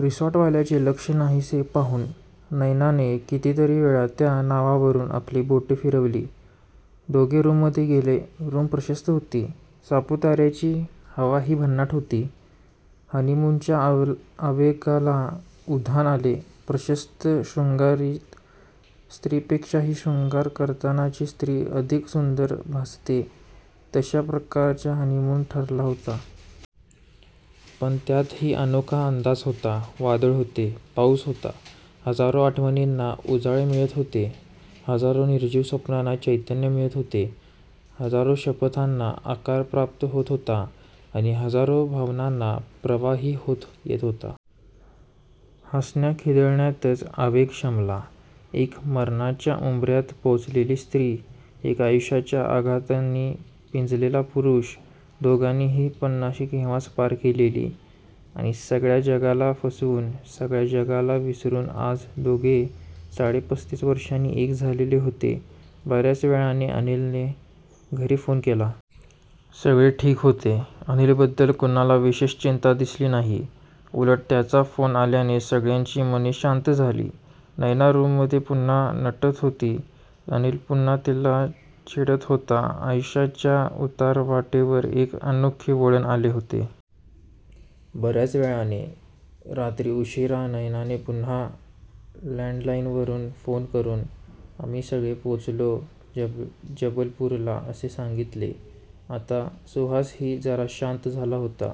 रिसॉर्टवाल्याचे लक्ष नाहीसे पाहून नयनाने कितीतरीवेळा त्या नावांवरून आपली बोटे फिरवली.,दोघे रूममध्ये गेले. रूम प्रशस्त होती. सापूतार्याची हवाही भन्नाट होती. हनीमूनच्या आवेगाला उधाण आले. प्रत्यक्ष शृंगारीत स्त्रीपेक्षाही शृंगार करतानाची स्त्री अधिक सुंदर भासते तश्या प्रकारचा हनीमून ठरला तो! पण त्यातही अनोखा अंदाज होता. वादळ होते, पाऊस होता, हजारो आठवणींना उजाळे मिळत होते, हजारो निर्जीव स्वप्नांना चैतन्य मिळत होते, हजारो शपथांना आकार प्राप्त होत होता आणि हजारो भावनांना प्रवाही होता येत होते. हसण्याखिदळण्यातच आवेग शमला! एक मरणाच्या उंबर्यात पोचलेली स्त्री, एक आयुष्याच्या आघातांनी पिचलेला पुरुष! दोघांनीही पन्नाशी केव्हाच पार केलेली! आणि सगळ्या जगाला फसवून, सगळ्या जगाला विसरून आज दोघे साडेपस्तीस वर्षांनी एक झालेले होते. बर्याच वेळाने अनिलने घरी फोन केला. सगळे ठीक होते. अनिलबद्दल कोणाला विशेष चिंता दिसली नाही. उलट त्याचा फोन आल्याने सगळ्यांची मने शांत झाली. नयना रूममध्ये पुन्हा नटत होती, अनिल पुन्हा तिला छेडत होता. आयुष्याच्या उतारवाटेवर एक अनोखे वळण आले होते. बर्याच वेळाने, रात्री उशीरा नयनाने पुन्हा लँडलाईनवर फोन करून 'आम्ही सगळे पोचलो जबलपूरला' असे सांगितले. आता सुहासही जरा शांत झाला होता.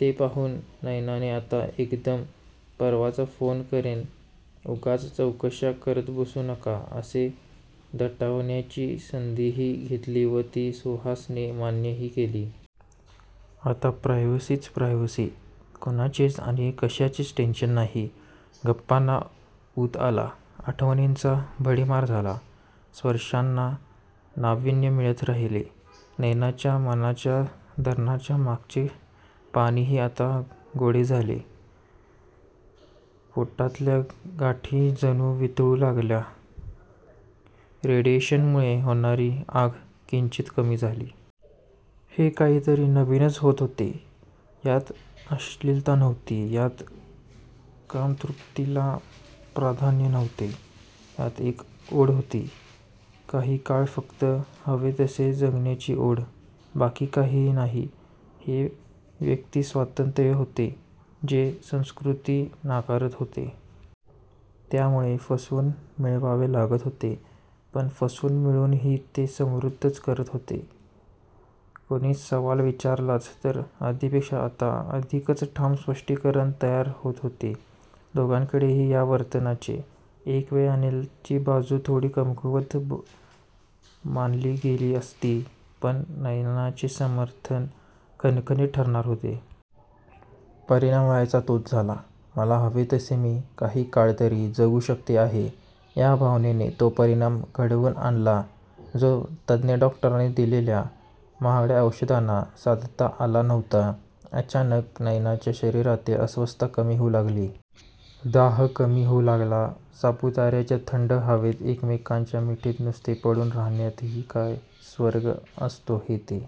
ते पाहून नयनाने 'आता एकदम परवाच फोन करेन, उगाच चौकश्या करत बसू नका' असे दटावण्याची संधीही घेतली व ती सुहासने मान्यही केली. आता प्रायव्हसीच प्रायव्हसी! कोणाचेच आणि कशाचेच टेन्शन नाही. गप्पांना ऊत आला. आठवणींचा भडिमार झाला. स्पर्शांना नावीन्य मिळत राहिले. नयनाच्या मनाच्या धरणाच्या मागचे पाणीही आता गोडे झाले. पोटातल्या गाठी जणू वितळू लागल्या. रेडिएशनमुळे होणारी आग किंचित कमी झाली. हे काहीतरी नवीनच होत होते. ह्यात अश्लीलता नव्हती. ह्यात कामतृप्तीला प्राधान्य नव्हते. ह्यात एक ओढ होती. काही काळ फक्त हवे तसे जगण्याची ओढ! बाकी काहीही नाही. हे व्यक्तीस्वातंत्र्य होते. जे संस्कृती नाकारत होती. त्यामुळे फसवून मिळवावे लागत होते. पण फसवून मिळवूनही ते समृद्धच करत होते. कोणी सवाल विचारलाच तर आधीपेक्षा आता अधिकच ठाम स्पष्टीकरण तयार होत होते दोघांकडेही ह्या वर्तनाचे! एकवेळ अनिलची बाजू थोडी कमकुवत मानली गेली असती, पण नयनाचे समर्थन खणखणीत ठरणारे होते. परिणाम व्हायचा तोच झाला. 'मला हवे तसे मी काही काळ तरी जगू शकत आहे' ह्या भावनेने तो परिणाम घडवून आणला जो तज्ञ डॉक्टरांनी दिलेल्या महागड्या औषधांना साधता आला नव्हता. अचानक नयनाच्या शरीरातील अस्वस्थता कमी होऊ लागली. दाह कमी होऊ लागला. सापूतार्याच्या थंड हवेत एकमेकांच्या मिठीत नुसते पडून राहण्यातही काय स्वर्ग असतो हे ते